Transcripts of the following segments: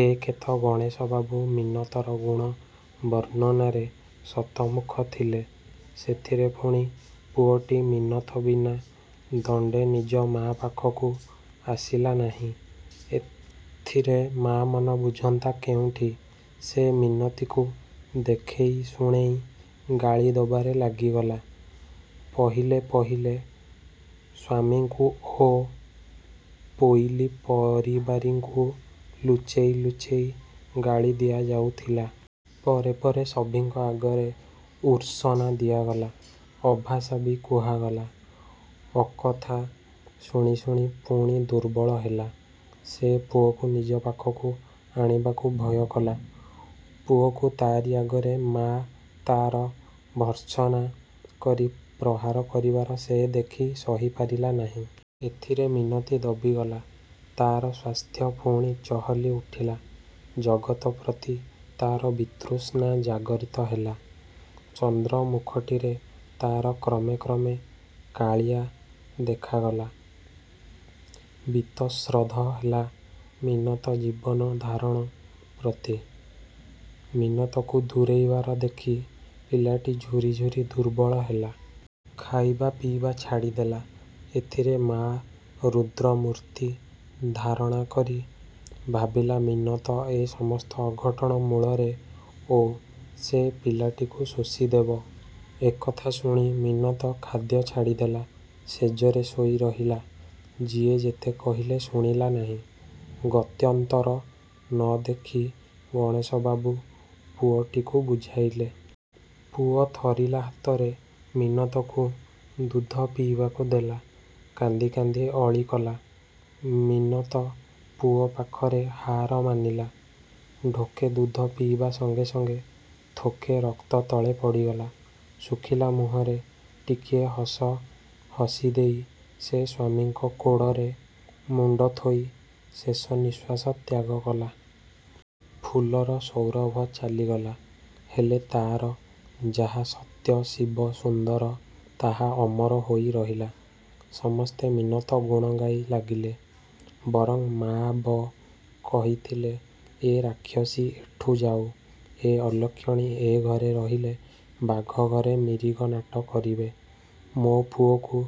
ଏକେତ ଗଣେଶ ବାବୁ ମିନତର ଗୁଣ ବର୍ଣ୍ଣନାରେ ଶତମୁଖ ଥିଲେ, ସେଥିରେ ପୁଣି ପୁଅଟି ମିନତ ବିନା ଦଣ୍ଡେ ନିଜ ମା' ପାଖକୁ ଆସିଲା ନାହିଁ। ଏଥିରେ ମା'ମନ ବୁଝନ୍ତା କେଉଁଠି। ସେ ମିନତିକୁ ଦେଖେଇ ଶୁଣେଇ ଗାଳି ଦବାରେ ଲାଗିଗଲା। ପହିଲେ ପହିଲେ ସ୍ୱାମୀଙ୍କୁ ଓ ପୋଇଲୀ ପରିବାରୀଙ୍କୁ ଲୁଚେଇ ଲୁଚେଇ ଗାଳି ଦିଆଯାଉଥିଲା। ପରେ ପରେ ସଭିଙ୍କ ଆଗରେ ଉର୍ତ୍ସନା ଦିଆଗଲା, ଅଭାଷା ବି କୁହାଗଲା। ଅକଥା ଶୁଣି ଶୁଣି ପୁଣି ଦୁର୍ବଳ ହେଲା। ସେ ପୁଅକୁ ନିଜ ପାଖକୁ ଆଣିବାକୁ ଭୟକଲା। ପୁଅକୁ ତାରି ଆଗରେ ମା' ତାର ଭର୍ତ୍ସନା କରି ପ୍ରହାର କରିବାର ସେ ଦେଖି ସହି ପାରିଲା ନାହିଁ। ଏଥିରେ ମିନତି ଦବିଗଲା। ତାର ସ୍ୱାସ୍ଥ୍ୟ ପୁଣି ଚହଲି ଉଠିଲା। ଜଗତ ପ୍ରତି ତାର ବିତୃଷ୍ଣା ଜାଗରିତ ହେଲା। ଚନ୍ଦ୍ର ମୁଖଟିରେ ତାର କ୍ରମେ କ୍ରମେ କାଳିଆ ଦେଖାଗଲା। ବିତଶ୍ରଦ୍ଧ ହେଲା ମିନତ ଜୀବନଧାରଣ ପ୍ରତି। ମିନତକୁ ଦୂରେଇବାର ଦେଖି ପିଲାଟି ଝୁରି ଝୁରି ଦୁର୍ବଳ ହେଲା। ଖାଇବା ପିଇବା ଛାଡ଼ିଦେଲା। ଏଥିରେ ମା' ରୁଦ୍ର ମୂର୍ତ୍ତି ଧାରଣା କରି ଭାବିଲା ମିନତ ଏ ସମସ୍ତ ଅଘଟଣ ମୂଳରେ ଓ ସେ ପିଲାଟିକୁ ଶୋଷିଦେବ। ଏକଥା ଶୁଣି ମିନତ ଖାଦ୍ୟ ଛାଡ଼ିଦେଲା। ଶେଯରେ ଶୋଇ ରହିଲା। ଯିଏ ଯେତେ କହିଲେ ଶୁଣିଲା ନାହିଁ। ଗତ୍ୟନ୍ତର ନ ଦେଖି ଗଣେଶବାବୁ ପୁଅଟିକୁ ବୁଝାଇଲେ। ପୁଅ ଥରିଲା ହାତରେ ମିନତକୁ ଦୁଧ ପିଇବାକୁ ଦେଲା। କାନ୍ଦି କାନ୍ଦି ଅଳି କଲା। ମିନତ ପୁଅ ପାଖରେ ହାର ମାନିଲା, ଢୋକେ ଦୁଧ ପିଇବା ସଙ୍ଗେ ସଙ୍ଗେ ଥୋକେ ରକ୍ତ ତଳେ ପଡ଼ିଗଲା। ଶୁଖିଲା ମୁହଁରେ ଟିକିଏ ହସ ହସି ଦେଇ ସେ ସ୍ୱାମୀଙ୍କ କୋଡ଼ରେ ମୁଣ୍ଡ ଥୋଇ ଶେଷ ନିଶ୍ୱାସ ତ୍ୟାଗ କଲା। ଫୁଲର ସୌରଭ ଚାଲିଗଲା। ହେଲେ ତାର ଯାହା ସତ୍ୟ-ଶିବ-ସୁନ୍ଦର ତାହା ଅମର ହୋଇ ରହିଲା। ସମସ୍ତେ ମିନତ ଗୁଣ ଗାଇ ଲାଗିଲେ। ବରଂ ମା'ବ କହିଥିଲେ-ଏ ରାକ୍ଷସୀ ଏଠୁ ଯାଉ। ଏ ଅଲକ୍ଷଣୀ ଏ ଘରେ ରହିଲେ ବାଘ ଘରେ ମିରିଗ ନାଟ କରିବେ, ମୋ ପୁଅକୁ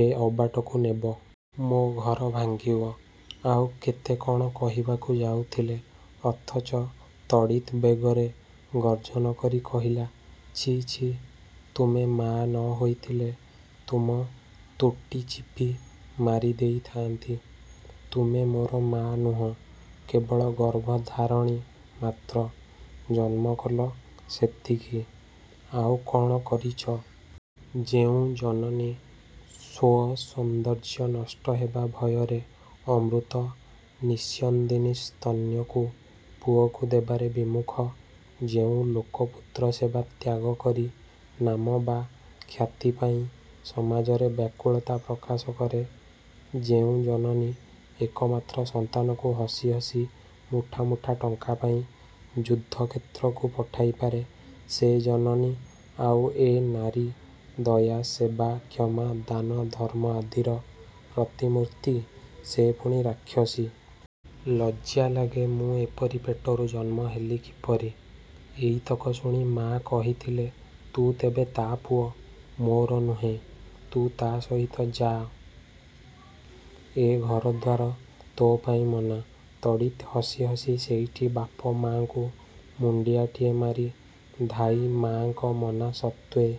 ଏ ଅବାଟକୁ ନେବ। ମୋ ଘର ଭାଙ୍ଗିବ-ଆଉ କେତେ କଣ କହିବାକୁ ଯାଉଥିଲେ, ଅଥଚ ତଡ଼ିତ୍ ବେଗରେ ଗର୍ଜନ କରି କହିଲା-ଛି, ଛି, ତୁମେ ମାଆ ନ ହୋଇଥିଲେ ତୁମ ତୋଟି ଚିପି ମାରି ଦେଇଥାଆନ୍ତି। ତୁମେ ମୋର ମା' ନୁହଁ, କେବଳ ଗର୍ଭଧାରଣୀ ମାତ୍ର। ଜନ୍ମ କଲ, ସେତିକି, ଆଉ କ'ଣ କରିଚ? ଯେଉଁ ଜନନୀ ସ୍ୱସୌନ୍ଦର୍ଯ୍ୟ ନଷ୍ଟ ହେବା ଭୟରେ ଅମୃତ ନିଃସ୍ୟନ୍ଦିନୀ ସ୍ତନ୍ୟକୁ ପୁଅକୁ ଦେବାରେ ବିମୁଖ ଯେଉଁ ଲୋକ ପୁତ୍ରସେବା ତ୍ୟାଗ କରି ନାମ ବା ଖ୍ୟାତି ପାଇଁ ସମାଜରେ ବ୍ୟାକୁଳତା ପ୍ରକାଶ କରେ, ଯେଉଁ ଜନନୀ ଏକମାତ୍ର ସନ୍ତାନକୁ ହସି ହସି ମୁଠା ମୁଠା ଟଙ୍କା ପାଇଁ ଯୁଦ୍ଧକ୍ଷେତ୍ରକୁ ପଠାଇ ପାରେ ସେ ଜନନୀ-ଆଉ ଏ ନାରୀ, ଦୟା, ସେବା, କ୍ଷମା, ଦାନ, ଧର୍ମ ଆଦିର ପ୍ରତିମୂର୍ତ୍ତି, ସେ ପୁଣି ରାକ୍ଷସୀ? ଲଜ୍ଜା ଲାଗେ ମୁଁ ଏପରି ପେଟରୁ ଜନ୍ମ ହେଲି କିପରି? ଏଇତକ ଶୁଣି ମା କହିଥିଲେ-ତୁ ତେବେ ତା ପୁଅ, ମୋର ନୁହେଁ, ତୁ ତା ସହିତ ଯାଅ-। ଏ ଘରଦ୍ୱାର ତୋ ପାଇଁ ମନା। ତଡ଼ିତ୍ ହସି ହସି ସେଇଠି ବାପ ମା'ଙ୍କୁ ମୁଣ୍ଡିଆଟିଏ ମାରି ଧାଈ ମା'ଙ୍କ ମନା ସତ୍ତ୍ୱେ